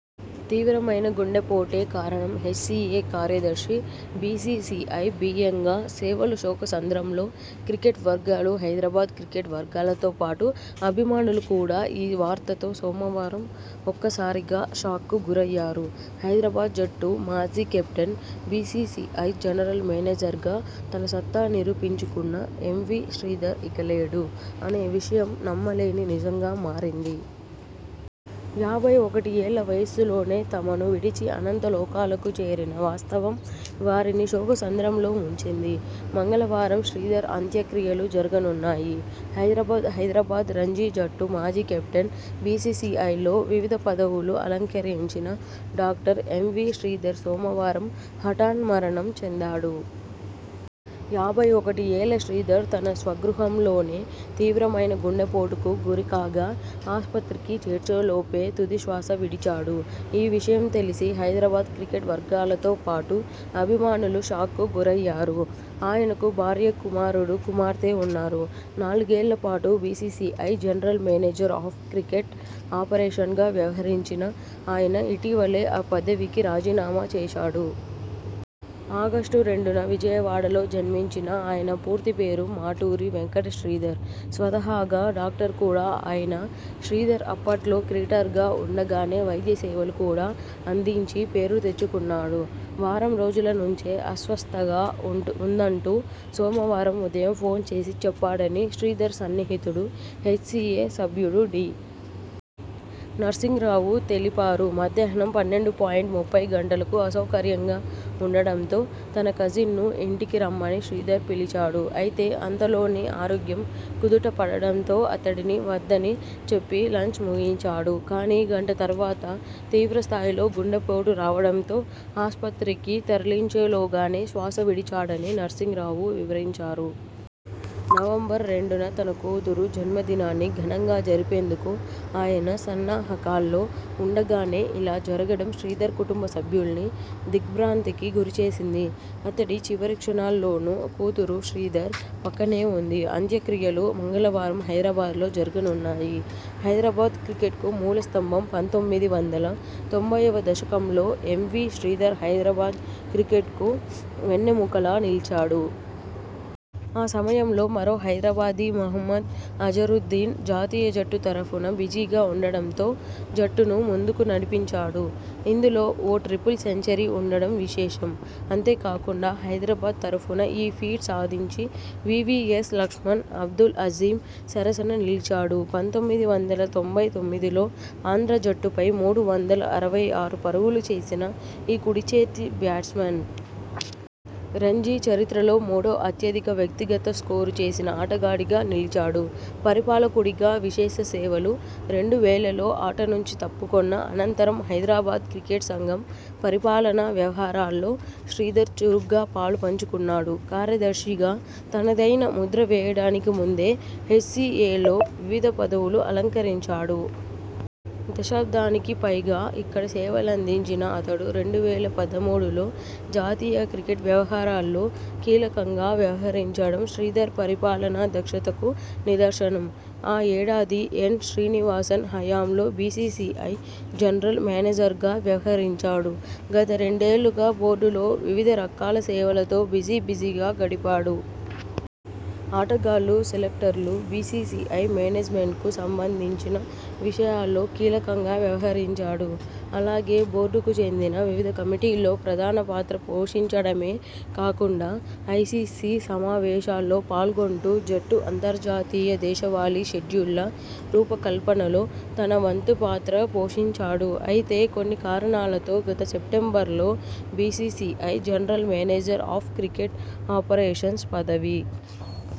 తీవ్రమైన గుండెపోటే కారణంహెచ్సీఏ కార్యదర్శి, బీసీసీఐ జీఎంగా సేవలుశోకసంద్రంలో క్రికెట్ వర్గాలుహైదరాబాద్ క్రికెట్ వర్గాలతో పాటు అభిమానులు కూడా ఈ వార్తతో సోమవారం ఒక్కసారిగా షాక్కు గురయ్యారు. హైదరాబాద్ జట్టు మాజీ కెప్టెన్, బీసీసీఐ జనరల్ మేనేజర్గా తన సత్తా నిరూపించుకున్న ఎంవీ శ్రీధర్ ఇక లేడు అనే విషయం నమ్మలేని నిజంగా మారింది. యాభై ఒకటి ఏళ్ల వయస్సులోనే తమను విడిచి అనంత లోకాలకు చేరిన వాస్తవం వారిని శోకసంద్రంలో ముంచింది. మంగళవారం శ్రీధర్ అంత్యక్రియలుజరగనున్నాయి. హైదరాబాద్ హైదరాబాద్ రంజీ జట్టు మాజీ కెప్టెన్, బీసీసీఐలో వివిధ పద వులు అలంకరించిన డాక్టర్ ఎంవీ శ్రీధర్ సోమవారం హఠాన్మరణం చెందాడు. యాభై ఒకటి ఏళ్ల శ్రీధర్ తన స్వగృహంలోనే తీవ్రమైన గుండెపోటుకు గురికాగాఆస్పత్రికి చేర్చేలోపే తుది శ్వాస విడిచాడు. ఈ విషయం తెలిసి హైదరాబాద్ క్రికెట్ వర్గాలతో పాటు అభిమానులు షాక్కు గురయ్యారు. ఆయనకు భార్య, కుమారుడు, కుమార్తె ఉన్నారు. నాలుగేళ్ల పాటు BCCI general manager of cricket ఆపరేషన్స్గా వ్యవహరించిన ఆయన ఇటీవలే ఆ పదవికి రాజీనామా చేశాడు. ఆగస్టు రెండున విజయవాడలో జన్మించిన ఆయన పూర్తి పేరు మాటూరి వెంకట శ్రీధర్. స్వతహాగా డాక్టర్ కూడా అయిన శ్రీధర్ అప్పట్లో క్రికెటర్గా ఉండగానే వైద్య సేవలు కూడా అందించి పేరు తెచ్చుకున్నాడు. వారం రోజుల నుంచే అస్వస్థతగా ఉందంటూ సోమవారం ఉదయం ఫోన్ చేసి చెప్పాడని శ్రీధర్ సన్నిహితుడు, హెచ్సీఏ సభ్యుడు డి. నర్సింగ్ రావు తె లిపారు. 'మధ్యాహ్నం పన్నెండు పాయింట్ ముప్పై గంటలకు అసౌకర్యంగా ఉండడంతో తన కజిన్ను ఇంటికి రమ్మని శ్రీధర్ పిలిచాడు. అయితే అంతలోనే ఆరోగ్యం కుదుటపడడంతో అతడిని వద్దని చెప్పి లంచ్ ముగించాడు. కానీ గంట తర్వాత తీవ్రస్థాయిలో గుండెపోటు రావడంతో ఆస్పత్రికి తరలించేలోగానే శ్వాస విడిచాడ'ని నర్సింగ్ రావు వివరించారు. నవంబర్ రెండున తన కూతురు జన్మదినాన్ని ఘనంగా జరిపేందుకు ఆయన సన్నాహకాల్లో ఉండగానే ఇలా జరగడం శ్రీధర్ కుటుంబసభ్యుల్ని దిగ్ర్భాంతికి గురిచేసింది. అతడి చివరి క్షణాల్లోనూ కూతురు శ్రీధర్ పక్కనే ఉంది. అంత్యక్రియలు మంగళవారం హైదరాబాద్లో జరగనున్నాయి. హైదరాబాద్ క్రికెట్కు మూలస్తంభం పంతొమ్మిది వందల తొంభైవ దశకంలో ఎంవీ శ్రీధర్ హైదరాబాద్ క్రికెట్కు వెన్నెముకలా నిలిచాడు. ఆ సమయంలో మరో హైదరాబాదీ మహ్మద్ అజరుద్దీన్ జాతీయ జట్టు తరఫున బిజీగా ఉండడంతో జట్టును ముందుకు నడిపించాడు. ఇందులో ఓ ట్రిపుల్ సెంచరీ ఉండడం విశేషం. అంతేకాకుండా హైదరాబాద్ తరఫున ఈ ఫీట్ సాధించి.. వీవీఎస్ లక్ష్మణ్, అబ్దుల్ అజీమ్ సరసన నిలిచాడు. పంతొమ్మిది వందల తొంభై తొమ్మిదిలో ఆంధ్ర జట్టుపై మూడు వందల అరవై ఆరు పరుగులు చేసిన ఈ కుడిచేతి బ్యాట్స్మన్.. రంజీ చరిత్రలో మూడో అత్యధిక వ్యక్తిగత స్కోరు చేసిన ఆటగాడిగా నిలిచాడు. పరిపాలకుడిగా విశేష సేవలు రెండు వేలలో ఆట నుంచి తప్పుకొన్న అనంతరం హైదరాబాద్ క్రికెట్ సంఘం పరిపాలనా వ్యవహారాల్లో శ్రీధర్ చురుగ్గా పాలుపంచుకున్నాడు. కార్యద ర్శిగా తనదైన ముద్ర వేయడానికి ముందే హెచ్సీఏలో వివిధ పదవులు అలంకరించాడు. దశాబ్దానికిపైగా ఇక్కడ సేవలందించిన అతడు రెండు వేల పదమూడులో జాతీయ క్రికెట్ వ్యవహారాల్లో కీలకంగా వ్యవహరించడం శ్రీధర్ పరిపాలనా దక్షతకు నిదర్శనం. ఆ ఏడాది ఎన్. శ్రీనివాసన్ హయాంలో బీసీసీఐ జనరల్ మేనేజర్గా వ్యవహరించాడు. గత రెండేళ్లుగా బోర్డులో వివిధ రకాల సేవలతో బిజీబిజీగా గడిపాడు. ఆటగాళ్లు, సెలెక్టర్లు, బీసీసీఐ మేనేజ్మెంట్కు సంబంధించిన విషయాల్లో కీలకంగా వ్యవహరించాడు. అలాగే బోర్డుకు చెందిన వివిధ కమిటీల్లో ప్రధాన పాత్ర పోషించడమే కాకుండా ఐసీసీ సమావేశాల్లో పాల్గొంటూ జట్టు అంతర్జాతీయ, దేశవాళీ షెడ్యూళ్ల రూపకల్పనలో తన వంతు పాత్ర పోషించాడు. అయితే కొన్ని కారణాలతో గత సెప్టెంబర్లో BCCI general manager of cricket operations పదవి